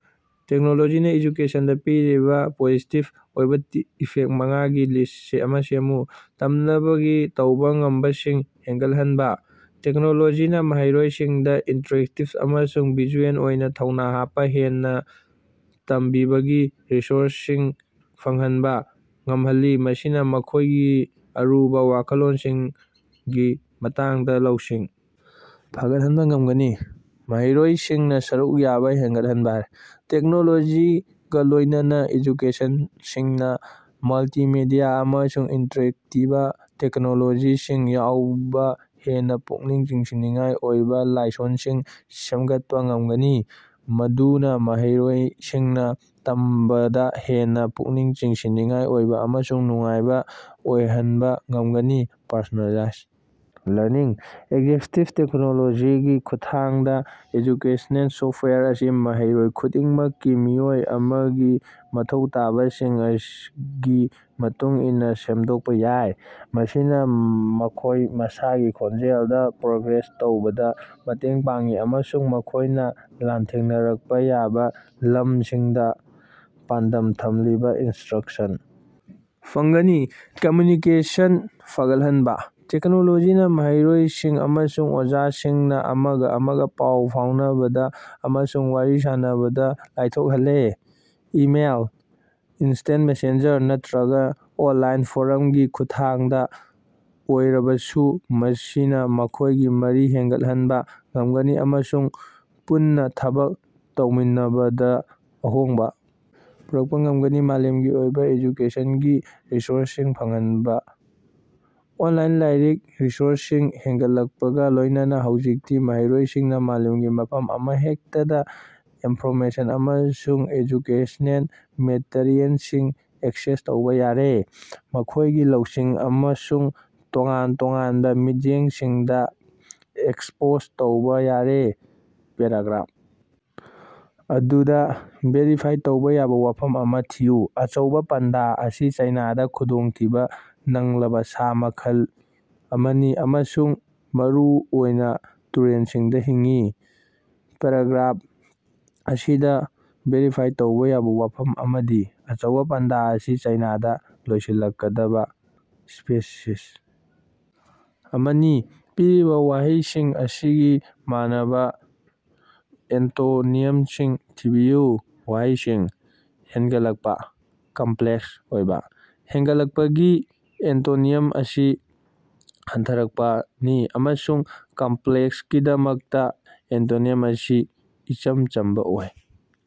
ꯇꯦꯛꯅꯣꯂꯣꯖꯤꯅ ꯑꯦꯖꯨꯀꯦꯁꯟꯗ ꯄꯤꯔꯤꯕ ꯄꯣꯖꯤꯇꯤꯞ ꯑꯣꯏꯕ ꯏꯐꯦꯛ ꯃꯉꯥꯒꯤ ꯂꯤꯁ ꯑꯃ‌ ꯁꯦꯝꯃꯨ꯫ ꯇꯝꯅꯕꯒꯤ ꯇꯧꯕ ꯉꯝꯕꯁꯤꯡ ꯍꯦꯟꯒꯠꯍꯟꯕ- ꯇꯦꯛꯅꯣꯂꯣꯖꯤꯅ ꯃꯍꯩꯔꯣꯏꯁꯤꯡꯗ ꯏꯟꯇꯔꯦꯛꯇꯤꯞ ꯑꯃꯁꯨꯡ ꯚꯤꯖꯨꯑꯦꯜ ꯑꯣꯏꯅ ꯊꯧꯅꯥ ꯍꯥꯞꯄ ꯍꯦꯟꯅ ꯇꯝꯕꯤꯕꯒꯤ ꯔꯤꯁꯣꯔꯁꯁꯤꯡ ꯐꯪꯍꯟꯕ ꯉꯝꯍꯜꯂꯦ, ꯃꯁꯤꯅ ꯃꯈꯣꯏꯒꯤ ꯑꯔꯨꯕ ꯋꯥꯈꯜꯂꯣꯟꯁꯤꯡꯒꯤ ꯃꯇꯥꯡꯗ ꯂꯧꯁꯤꯡ ꯐꯒꯠꯍꯟꯕ ꯉꯝꯒꯅꯤ꯫ ꯃꯍꯩꯔꯣꯏꯁꯤꯡꯅ ꯁꯔꯨꯛ ꯌꯥꯕ ꯍꯦꯟꯒꯠꯍꯟꯕ- ꯇꯦꯛꯅꯣꯂꯣꯖꯤꯒ ꯂꯣꯏꯅꯅ ꯑꯦꯖꯨꯀꯦꯇꯔꯁꯤꯡꯅ ꯃꯜꯇꯤꯃꯦꯗꯤꯌꯥ ꯑꯃꯁꯨꯡ ꯏꯟꯇꯔꯦꯛꯇꯤꯕ ꯇꯦꯛꯅꯣꯂꯣꯖꯤꯁꯤꯡ ꯌꯥꯎꯕ ꯍꯦꯟꯅ ꯄꯨꯛꯅꯤꯡ ꯆꯤꯡꯁꯤꯟꯅꯤꯡꯉꯥꯏ ꯑꯣꯏꯕ ꯂꯥꯏꯁꯣꯟꯁꯤꯡ ꯁꯦꯝꯒꯠꯄ ꯉꯝꯒꯅꯤ, ꯃꯗꯨꯅ ꯃꯍꯩꯔꯣꯏꯁꯤꯡꯗ ꯇꯝꯕꯗ ꯍꯦꯟꯅ ꯄꯨꯛꯅꯤꯡ ꯆꯤꯡꯁꯤꯟꯅꯤꯡꯉꯥꯏ ꯑꯣꯏꯕ ꯑꯃꯁꯨꯡ ꯅꯨꯡꯉꯥꯏꯕ ꯑꯣꯏꯍꯟꯕ ꯉꯝꯒꯅꯤ꯫ ꯄꯔꯁꯣꯅꯦꯂꯥꯏꯖ ꯂꯔꯅꯤꯡ- ꯑꯦꯛꯖꯦꯛꯇꯤꯞ ꯇꯦꯛꯅꯣꯂꯣꯖꯤꯒꯤ ꯈꯨꯠꯊꯥꯡꯗ, ꯑꯦꯖꯨꯀꯦꯁꯅꯦꯜ ꯁꯣꯐꯋꯦꯌꯔ ꯑꯁꯤ ꯃꯍꯩꯔꯣꯏ ꯈꯨꯗꯤꯡꯃꯛꯀꯤ ꯃꯤꯑꯣꯏ ꯑꯃꯒꯤ ꯃꯊꯧ ꯇꯥꯕꯁꯤꯡꯒꯤ ꯃꯇꯨꯡ ꯏꯟꯅ ꯁꯦꯝꯗꯣꯛꯄ ꯌꯥꯏ, ꯃꯁꯤꯅ ꯃꯈꯣꯏ ꯃꯁꯥꯒꯤ ꯈꯣꯡꯖꯦꯜꯗ‌ ꯄ꯭ꯔꯣꯒ꯭ꯔꯦꯁ ꯇꯧꯕꯗ ꯃꯇꯦꯡ ꯄꯥꯡꯏ ꯑꯃꯁꯨꯡ ꯃꯈꯣꯏꯅ ꯂꯥꯟꯊꯦꯡꯅꯔꯛꯄ ꯌꯥꯕ ꯂꯝꯁꯤꯡꯗ ꯄꯥꯟꯗꯝ ꯊꯝꯂꯤꯕ‌ ꯏꯟꯁꯇ꯭ꯔꯛꯁꯟ ꯐꯪꯒꯅꯤ꯫ ꯀꯝꯃ꯭ꯌꯨꯅꯤꯀꯦꯁꯟ ꯐꯒꯠꯍꯟꯕ- ꯇꯦꯛꯅꯣꯂꯣꯖꯤꯅ ꯃꯍꯩꯔꯣꯏꯁꯤꯡ ꯑꯃꯁꯨꯡ ꯑꯣꯖꯥꯁꯤꯡꯅ ꯑꯃꯒ ꯑꯃꯒ ꯄꯥꯎ ꯐꯥꯎꯅꯕꯗ ꯑꯃꯁꯨꯡ ꯋꯥꯔꯤ ꯁꯥꯅꯕꯗ ꯂꯥꯏꯊꯣꯛꯍꯜꯂꯦ, ꯏꯃꯦꯜ, ꯏꯟꯁꯇꯦꯟ ꯃꯦꯁꯦꯖꯤꯡ, ꯅꯠꯇ꯭ꯔꯒ ꯑꯣꯟꯂꯥꯏꯟ ꯐꯣꯔꯝꯒꯤ ꯈꯨꯠꯊꯥꯡꯗ ꯑꯣꯏꯔꯕꯁꯨ, ꯃꯁꯤꯅ ꯃꯈꯣꯏꯒꯤ ꯃꯔꯤ ꯍꯦꯟꯒꯠꯍꯟꯕ ꯉꯝꯒꯅꯤ ꯑꯃꯁꯨꯡ ꯄꯨꯟꯅ ꯊꯕꯛ ꯇꯧꯃꯤꯟꯅꯕꯗ ꯑꯍꯣꯡꯕ ꯄꯨꯔꯛꯄ ꯉꯝꯒꯅꯤ꯫ ꯃꯥꯂꯦꯝꯒꯤ ꯑꯣꯏꯕ ꯑꯦꯖꯨꯀꯦꯁꯟꯒꯤ ꯔꯤꯁꯣꯔꯁꯁꯤꯡ ꯐꯪꯍꯟꯕ- ꯑꯣꯟꯂꯥꯏꯟ ꯂꯔꯅꯤꯡ ꯔꯤꯁꯣꯔꯁꯁꯤꯡ ꯍꯦꯟꯒꯠꯂꯛꯄꯒ ꯂꯣꯏꯅꯅ ꯍꯧꯖꯤꯛꯇꯤ ꯃꯍꯩꯔꯣꯏꯁꯤꯡꯅ ꯃꯥꯂꯦꯝꯒꯤ ꯃꯐꯝ ꯑꯃꯍꯦꯛꯇꯗꯒꯤ ꯏꯟꯐꯣꯔꯃꯦꯁꯟ ꯑꯃꯁꯨꯡ ꯑꯦꯖꯨꯀꯦꯁꯅꯦꯜ ꯃꯦꯇꯔꯤꯌꯦꯜꯁꯤꯡ ꯑꯦꯛꯁꯦꯁ ꯇꯧꯕ ꯌꯥꯔꯦ, ꯃꯈꯣꯏꯒꯤ ꯂꯧꯁꯤꯡ ꯑꯃꯁꯨꯡ ꯇꯣꯉꯥꯟ-ꯇꯣꯉꯥꯟꯕ ꯃꯤꯠꯌꯦꯡꯁꯤꯡꯗ‌ ꯑꯦꯛꯁꯄꯣꯖ ꯇꯧꯕ ꯌꯥꯔꯦ꯫ ꯄꯦꯔꯥꯒ꯭ꯔꯥꯐ ꯑꯗꯨꯗ, ꯚꯦꯔꯤꯐꯥꯏ ꯇꯧꯕ ꯌꯥꯕ ꯋꯥꯐꯝ ꯑꯃ ꯊꯤꯌꯨ꯫ ꯑꯆꯧꯕꯥ ꯄꯥꯟꯗꯥ ꯑꯁꯤ ꯆꯥꯏꯅꯥꯗꯥ ꯈꯨꯗꯣꯡꯊꯤꯕ ꯅꯪꯂꯕ ꯁꯥ ꯃꯈꯜ ꯑꯃꯅꯤ ꯑꯃꯁꯨꯡ ꯃꯔꯨꯑꯣꯏꯅ ꯇꯨꯔꯦꯜꯁꯤꯡꯗ ꯍꯤꯡꯏ꯫ ꯄꯦꯔꯥꯒ꯭ꯔꯥꯐ ꯑꯁꯤꯗꯥ ꯚꯦꯔꯤꯐꯥꯏ ꯇꯧꯕꯥ ꯌꯥꯕ ꯋꯥꯐꯝ ꯑꯃꯗꯤ "ꯑꯆꯧꯕꯥ ꯄꯥꯟꯗꯥ ꯑꯁꯤ ꯆꯥꯏꯅꯥꯗꯥ ꯂꯣꯏꯁꯤꯜꯂꯛꯀꯗꯕ ꯁ꯭ꯄꯦꯁꯤꯁ ꯑꯃꯅꯤ꯫" ꯄꯤꯔꯤꯕ ꯋꯥꯍꯩꯁꯤꯡ ꯑꯁꯤꯒꯤ ꯃꯥꯟꯅꯕꯥ ꯑꯦꯟꯇꯣꯅꯤꯝꯁꯤꯡ ꯊꯤꯕꯤꯌꯨ꯫ ꯋꯥꯍꯩꯁꯤꯡ: ꯍꯦꯟꯒꯠꯂꯛꯄ, ꯀꯝꯄ꯭ꯂꯦꯛꯁ ꯑꯣꯏꯕ꯫ ꯍꯦꯟꯒꯠꯂꯛꯄꯒꯤ ꯑꯦꯟꯇꯣꯅꯤꯝ ꯑꯁꯤ ꯍꯟꯊꯔꯛꯄꯅꯤ ꯑꯃꯁꯨꯡ ꯀꯝꯄ‍꯭ꯂꯦꯛꯁꯀꯤꯗꯃꯛꯇ ꯑꯦꯟꯇꯣꯅꯤꯝ ꯑꯁꯤ ꯏꯆꯝ ꯆꯝꯕ ꯑꯣꯏ꯫